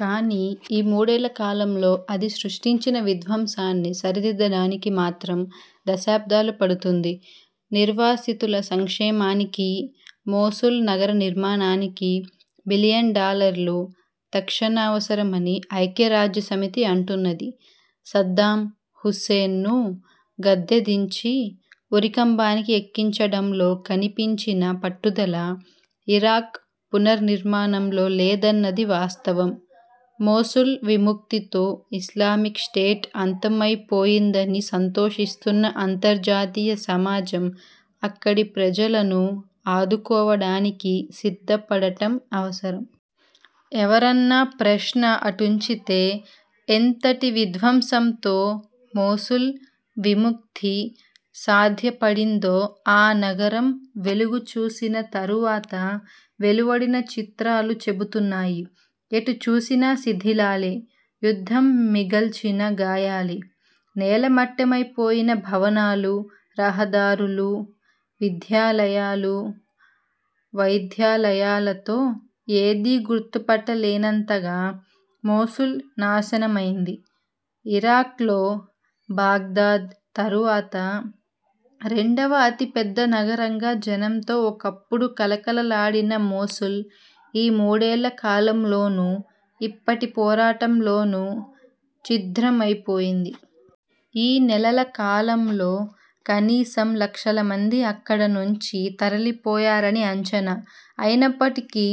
కానీ, ఈ మూడేళ్ళకాలంలో అది సృష్టించిన విధ్వంసాన్ని సరిదిద్దడానికి మాత్రం దశాబ్దాలు పడుతుంది. నిర్వాసితుల సంక్షేమానికీ, మోసుల్ నగర నిర్మాణానికీ బిలియన్ డాలర్లు తక్షణావసరమని ఐక్యరాజ్యసమితి అంటున్నది. సద్దాం హుస్సేన్ను గద్దెదించి, ఉరికంబానికి ఎక్కించడంలో కనిపించిన పట్టుదల, ఇరాక్ పునర్నిర్మాణంలో లేదన్నది వాస్తవం. మోసుల్ విముక్తితో ఇస్లామిక్ స్టేట్ అంతమైపోయిందని సంతోషిస్తున్న అంతర్జాతీయ సమాజం అక్కడి ప్రజలను ఆదుకోవడానికి సిద్ధపడటం అవసరం. ఎవరన్న ప్రశ్న అటుంచితే, ఎంతటి విధ్వంసంతో మోసుల్ 'విముక్తి' సాధ్యపడిందో ఆ నగరం వెలుగుచూసిన తరువాత వెలువడిన చిత్రాలు చెబుతున్నాయి. ఎటుచూసినా శిథిలాలే, యుద్ధం మిగల్చిన గాయాలే. నేలమట్టమైపోయిన భవనాలు, రహదారులు, విద్యాలయాలు, వైద్యాలయాలతో ఏదీ గుర్తుపట్టలేనంతగా మోసుల్ నాశనమైంది. ఇరాక్లో బాగ్దాద్ తరువాత రెండవ అతిపెద్దనగరంగా జనంతో ఒకప్పుడు కళకళలాడిన మోసుల్ ఈ మూడేళ్ళకాలంలోనూ, ఇప్పటి పోరాటంలోనూ ఛిద్రమైపోయింది. ఈ నెలల కాలంలో కనీసం లక్షలమంది అక్కడనుంచి తరలిపోయారని అంచనా. అయినప్పటికీ,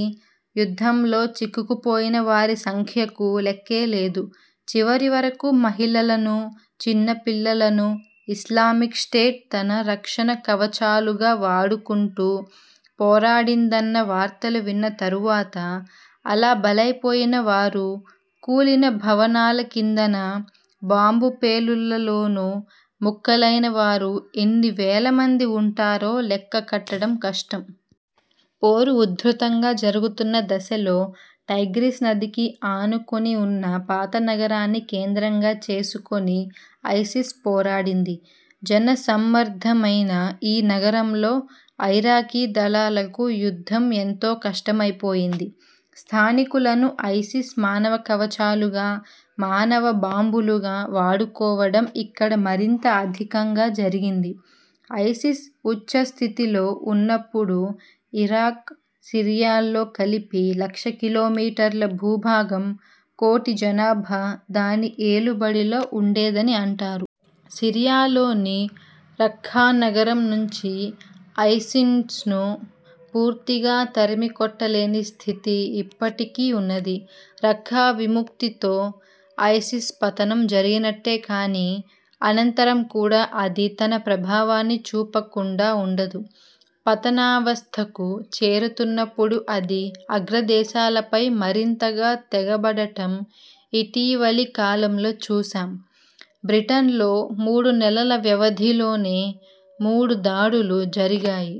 యుద్ధంలో చిక్కుకుపోయినవారి సంఖ్యకు లెక్కేలేదు. చివరివరకూ మహిళలనూ, చిన్నపిల్లలనూ ఇస్లామిక్ స్టేట్ తన రక్షణకవచాలుగా వాడుకుంటూ పోరాడిందన్న వార్తలు విన్న తరువాత, అలా బలైపోయిన వారు, కూలిన భవనాలకిందనా, బాంబు పేలుళ్ళలోనూ ముక్కలైనవారు ఎన్నివేలమంది ఉంటారో లెక్క కట్టడం కష్టం. పోరు ఉధృతంగా జరుగుతున్న దశలో టైగ్రిస్ నదికి ఆనుకునివున్న పాతనగరాన్ని కేంద్రంగా చేసుకొని ఐసిస్ పోరాడింది. జనసమ్మర్దమైన ఈ నగరంలో ఐరాకీదళాలకు యుద్ధం ఎంతో కష్టమైపోయింది. స్థానికులను ఐసిస్ మానవకవచాలుగా, మానవబాంబులుగా వాడుకోవడం ఇక్కడ మరింత అధికంగా జరిగింది. ఐసిస్ ఉచ్ఛస్థితిలో ఉన్నప్పుడు ఇరాక్, సిరియాల్లో కలిపి లక్షకిలోమీటర్ల భూభాగం, కోటిజనాభా దాని ఏలుబడిలో ఉండేదని అంటారు. సిరియాలోని రఖ్ఖానగరంనుంచి ఐసిస్ను పూర్తిగా తరిమికొట్టలేని స్థితి ఇప్పటికీ ఉన్నది. రఖ్ఖా విముక్తితో ఐసిస్ పతనం జరిగినట్టే కానీ, అనంతరం కూడా అది తన ప్రభావాన్ని చూపకుండా ఉండదు. పతనావస్థకు చేరుతున్నప్పుడు అది అగ్రదేశాలపై మరింతగా తెగబడటం ఇటీవలికాలంలో చూశాం. బ్రిటన్లో మూడునెలల వ్యవధిలోనే మూడుదాడులు జరిగాయి.